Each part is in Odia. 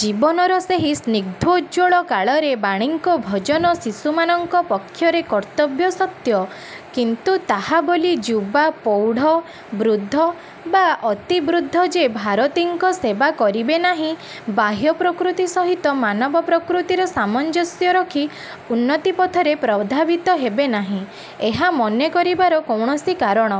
ଜୀବନର ସେହି ସ୍ନିଗ୍ଧୋଜ୍ଜ୍ୱଳ-କାଳରେ ବାଣୀଙ୍କ ଭଜନ ଶିଶୁମାନଙ୍କ ପକ୍ଷରେ କର୍ତ୍ତବ୍ୟ ସତ୍ୟ, କିନ୍ତୁ ତାହା ବୋଲି ଯୁବା, ପ୍ରୌଢ଼, ବୃଦ୍ଧ ବା ଅତି ବୃଦ୍ଧ ଯେ ଭାରତୀଙ୍କ ସେବା କରିବେ ନାହିଁ-ବାହ୍ୟ ପ୍ରକୃତି ସହିତ ମାନବପ୍ରକୃତିର ସାମଞ୍ଜସ୍ୟ ରଖି ଉନ୍ନତିପଥରେ ପ୍ରଧାବିତ ହେବେ ନାହିଁ, ଏହା ମନେ କରିବାର କୌଣସି କାରଣ।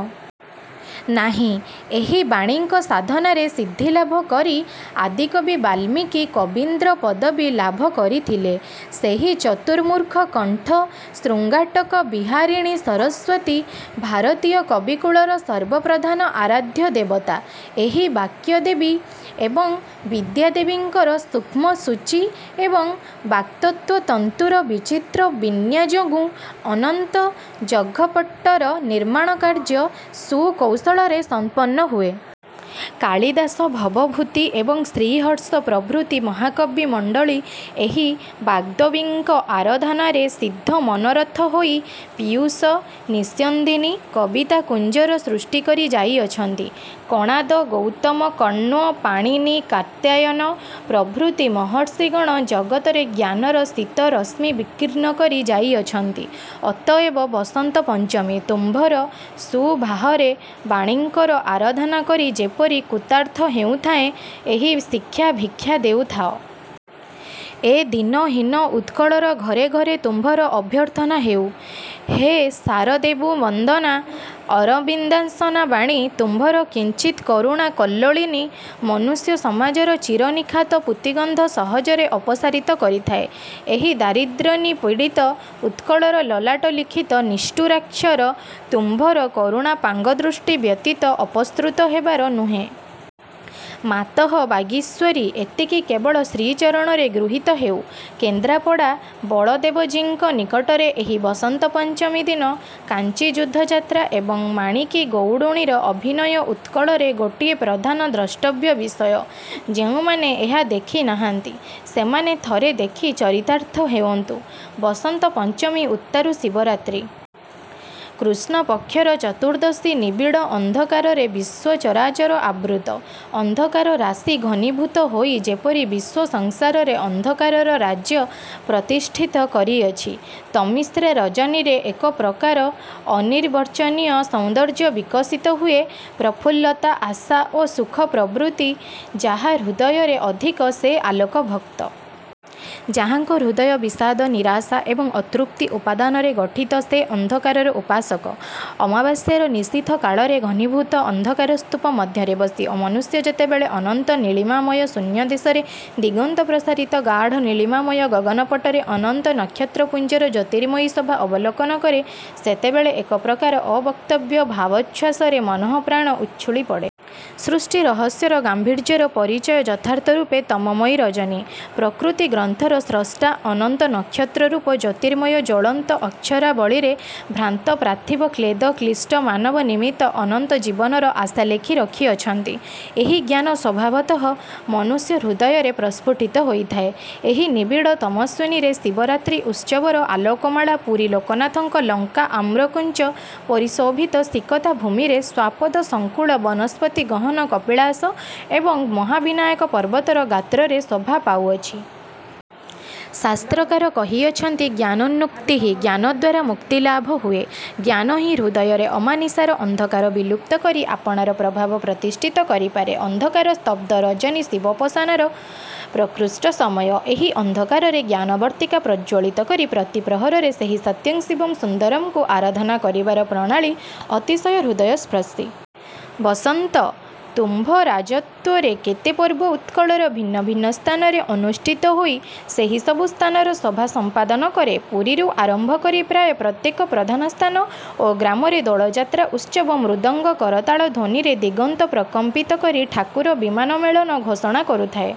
ନାହିଁ। ଏହି ବାଣୀଙ୍କ ସାଧନାରେ ସିଦ୍ଧିଲାଭ କରି ଆଦିକବି ବାଲ୍ମୀକି କବୀନ୍ଦ୍ର-ପଦବି ଲାଭ କରିଥିଲେ। ସେହି ଚତୁର୍ମୁଖ-କଣ୍ଠ-ଶୃଙ୍ଗାଟକ-ବିହାରିଣୀ ସରସ୍ୱତୀ ଭାରତୀୟ କବିକୁଳର ସର୍ବପ୍ରଧାନ ଆରାଧ୍ୟ ଦେବତା। ଏହି ବାକ୍ୟଦେବୀ ଏବଂ ବିଦ୍ୟାଦେବୀଙ୍କର ସୂକ୍ଷ୍ମ-ସୂଚୀ ଏବଂ ବାକ୍ତତ୍ତ୍ୱତନ୍ତୁର ବିଚିତ୍ର ବିନ୍ୟାଯୋଗୁଁ ଅନନ୍ତ ଜଗତ୍ପଟର ନିର୍ମାଣ-କାର୍ଯ୍ୟ ସୁକୌଶଳରେ ସମ୍ପନ୍ନ ହୁଏ। କାଳିଦାସ, ଭବଭୂତି ଏବଂ ଶ୍ରୀହର୍ଷ ପ୍ରଭୃତି ମହାକବିମଣ୍ଡଳୀ ଏହି ବାଗ୍ଦେବୀଙ୍କ ଆରାଧନାରେ ସିଦ୍ଧମନୋରଥ ହୋଇ ପୀୟୁଷ-ନିଷ୍ୟନ୍ଦିନୀ-କବିତାକୁଞ୍ଜର ସୃଷ୍ଟି କରି ଯାଇଅଛନ୍ତି। କଣାଦ, ଗୌତମ, କଣ୍ୱ, ପାଣିନି, କାତ୍ୟାୟନ ପ୍ରଭୃତି ମହର୍ଷିଗଣ ଜଗତରେ ଜ୍ଞାନର ସିତ-ରଶ୍ମି ବିକୀର୍ଣ୍ଣ କରି ଯାଇଅଛନ୍ତି। ଅତଏବ ବସନ୍ତ-ପଞ୍ଚମୀ! ତୁମ୍ଭର ଶୁଭାହରେ ବାଣୀଙ୍କର ଆରାଧନା କରି ଯେପରି କୃତାର୍ଥ ହେଉଥାଏଁ, ଏହି ଶିକ୍ଷା-ଭିକ୍ଷା ଦେଉଥାଅ। ଏ ଦୀନ ହୀନ ଉତ୍କଳର ଘରେ ଘରେ ତୁମ୍ଭର ଅଭ୍ୟର୍ଥନା ହେଉ। ହେ ଶାରଦେନ୍ଦୁବନ୍ଦନା, ଅରବିନ୍ଦାସନା ବାଣି! ତୁମ୍ଭର କିଞ୍ଚିତ୍ କରୁଣା-କଲ୍ଲୋଳିନୀ ମନୁଷ୍ୟ ସମାଜର ଚିର ନିଖାତ ପୂତିଗନ୍ଧ ସହଜରେ ଅପସାରିତ କରିଥାଏ। ଏହି ଦାରିଦ୍ର୍ୟନିପୀଡ଼ିତ ଉତ୍କଳର ଲଲାଟ-ଲିଖିତ ନିଷ୍ଠୁରାକ୍ଷର ତୁମ୍ଭର କରୁଣାପାଙ୍ଗଦୃଷ୍ଟି ବ୍ୟତୀତ ଅପସୃତ ହେବାର ନୁହେ। ମାତଃ ବାଗୀଶ୍ୱରି! ଏତିକି କେବଳ ଶ୍ରୀଚରଣରେ ଗୃହୀତ ହେଉ। କେନ୍ଦ୍ରାପଡ଼ା ବଳଦେବଜୀଙ୍କ ନିକଟରେ ଏହି ବସନ୍ତ-ପଞ୍ଚମୀ ଦିନ କାଞ୍ଚୀ-ଯୁଦ୍ଧ-ଯାତ୍ରା ଏବଂ ମାଣିକୀ ଗଉଡ଼ୁଣୀର ଅଭିନୟ ଉତ୍କଳରେ ଗୋଟିଏ ପ୍ରଧାନ ଦ୍ରଷ୍ଟବ୍ୟ ବିଷୟ। ଯେଉଁମାନେ ଏହା ଦେଖି ନାହାନ୍ତି, ସେମାନେ ଥରେ ଦେଖି ଚରିତାର୍ଥ ହେଉନ୍ତୁ। ବସନ୍ତ-ପଞ୍ଚମୀ ଉତ୍ତାରୁ ଶିବରାତ୍ରି। କୃଷ୍ଣପକ୍ଷର ଚତୁର୍ଦ୍ଦଶୀ, ନିବିଡ଼ ଅନ୍ଧକାରରେ ବିଶ୍ୱଚରାଚର ଆବୃତ। ଅନ୍ଧକାର-ରାଶି ଘନୀଭୂତ ହୋଇ ଯେପରି ବିଶ୍ୱ ସଂସାରରେ ଅନ୍ଧକାରର ରାଜ୍ୟ ପ୍ରତିଷ୍ଠିତ କରିଅଛି। ତମିସ୍ରା ରଜନୀରେ ଏକ ପ୍ରକାର ଅନିର୍ବଚନୀୟ ସୌନ୍ଦର୍ଯ୍ୟ ବିକଶିତ ହୁଏ ପ୍ରଫୁଲ୍ଲତା, ଆଶା ଓ ସୁଖପ୍ରବୃତ୍ତି ଯାହା ହୃଦୟରେ ଅଧିକ, ସେ ଆଲୋକଭକ୍ତ। ଯାହାଙ୍କ ହୃଦୟ ବିଷାଦ, ନିରାଶା ଏବଂ ଅତୃପ୍ତି ଉପାଦାନରେ ଗଠିତ, ସେ ଅନ୍ଧକାରର ଉପାସକ। ଅମାବାସ୍ୟାର ନିଶୀଥ କାଳରେ ଘନୀଭୂତ ଅନ୍ଧକାରସ୍ତୂପ ମଧ୍ୟରେ ବସି ମନୁଷ୍ୟ ଯେତେବେଳେ ଅନନ୍ତ ନୀଳିମାମୟ ଶୂନ୍ୟଦେଶରେ ଦିଗନ୍ତପ୍ରସାରିତ ଗାଢ଼ନୀଳିମାମୟ ଗଗନପଟରେ ଅନନ୍ତ ନକ୍ଷତ୍ରପୁଞ୍ଜର ଜ୍ୟୋତିର୍ମୟୀ ଶୋଭା ଅବଲୋକନ କରେ, ସେତେବେଳେ ଏକପ୍ରକାର ଅବକ୍ତବ୍ୟ ଭାବୋଚ୍ଛ୍ୱାସରେ ମନଃପ୍ରାଣ ଉଛୁଳି ପଡ଼େ। ସୃଷ୍ଟିରହସ୍ୟର ଗାମ୍ଭୀର୍ଯ୍ୟର ପରିଚୟ ଯଥାର୍ଥରୂପେ ତମୋମୟୀ ରଜନୀ। ପ୍ରକୃତି-ଗ୍ରନ୍ଥର ସ୍ରଷ୍ଟା ଅନନ୍ତ-ନକ୍ଷତ୍ରରୂପ ଜ୍ୟୋତିର୍ମୟ ଜ୍ୱଳନ୍ତ ଅକ୍ଷରାବଳୀରେ ଭ୍ରାନ୍ତ ପାର୍ଥିବ-କ୍ଳେଦ-କ୍ଳିଷ୍ଟ ମାନବ ନିମିତ୍ତ ଅନନ୍ତ ଜୀବନର ଆଶା ଲେଖି ରଖିଅଛନ୍ତି, ଏହି ଜ୍ଞାନ ସ୍ୱଭାବତଃ ମନୁଷ୍ୟ ହୃଦୟରେ ପ୍ରସ୍ଫୁଟିତ ହୋଇଥାଏ। ଏହି ନିବିଡ଼ ତମସ୍ୱିନୀରେ ଶିବରାତ୍ରି ଉତ୍ସବର ଆଲୋକମାଳା ପୁରୀ-ଲୋକନାଥଙ୍କ ଲଙ୍କା-ଆମ୍ର-କୁଞ୍ଜ-ପରିଶୋଭିତ ସିକତା-ଭୂମିରେ, ଶ୍ୱାପଦ-ସଙ୍କୁଳ, ବନସ୍ପତିଗହନ କପିଳାସ ଏବଂ ମହାବିନାୟକ ପର୍ବତର ଗାତ୍ରରେ ଶୋଭା ପାଉଅଛି। ଶାସ୍ତ୍ରକାର କହିଅଛନ୍ତି, ''ଜ୍ଞାନନ୍ମୁକ୍ତିଃ''–ଜ୍ଞାନଦ୍ୱାରା ମୁକ୍ତିଲାଭ ହୁଏ। ଜ୍ଞାନହିଁ ହୃଦୟରେ ଅମାନିଶାର ଅନ୍ଧକାର ବିଲୁପ୍ତ କରି ଆପଣାର ପ୍ରଭାବ ପ୍ରତିଷ୍ଠିତ କରି ପାରେ। ଅନ୍ଧକାର-ସ୍ତବ୍ଧ ରଜନୀ ଶିବୋପାସନାର ପ୍ରକୃଷ୍ଟ ସମୟ। ଏହି ଅନ୍ଧକାରରେ ଜ୍ଞାନ ବର୍ତ୍ତିକା ପ୍ରଜ୍ୱଳିତ କରି ପ୍ରତି ପ୍ରହରରେ ସେହି ''ସତ୍ୟଂ ଶିବଂ ସୁନ୍ଦରଂ''ଙ୍କୁ ଆରାଧନା କରିବାର ପ୍ରଣାଳୀ ଅତିଶୟ ହୃଦୟସ୍ପର୍ଶୀ। ବସନ୍ତ! ତୁମ୍ଭ ରାଜତ୍ୱରେ କେତେ ପର୍ବ ଉତ୍କଳର ଭିନ୍ନ ଭିନ୍ନ ସ୍ଥାନରେ ଅନୁଷ୍ଠିତ ହୋଇ ସେହି ସବୁ ସ୍ଥାନର ଶୋଭା ସମ୍ପାଦନ କରେ। ପୁରୀରୁ ଆରମ୍ଭ କରି ପ୍ରାୟ ପ୍ରତ୍ୟେକ ପ୍ରଧାନ ସ୍ଥାନ ଓ ଗ୍ରାମରେ ଦୋଳଯାତ୍ରା ଉତ୍ସବ-ମୃଦଙ୍ଗ କରତାଳ ଧ୍ୱନିରେ ଦିଗନ୍ତ ପ୍ରକମ୍ପିତ କରି ''ଠାକୁର ବିମାନ-ମେଳନ'' ଘୋଷଣା କରୁଥାଏ।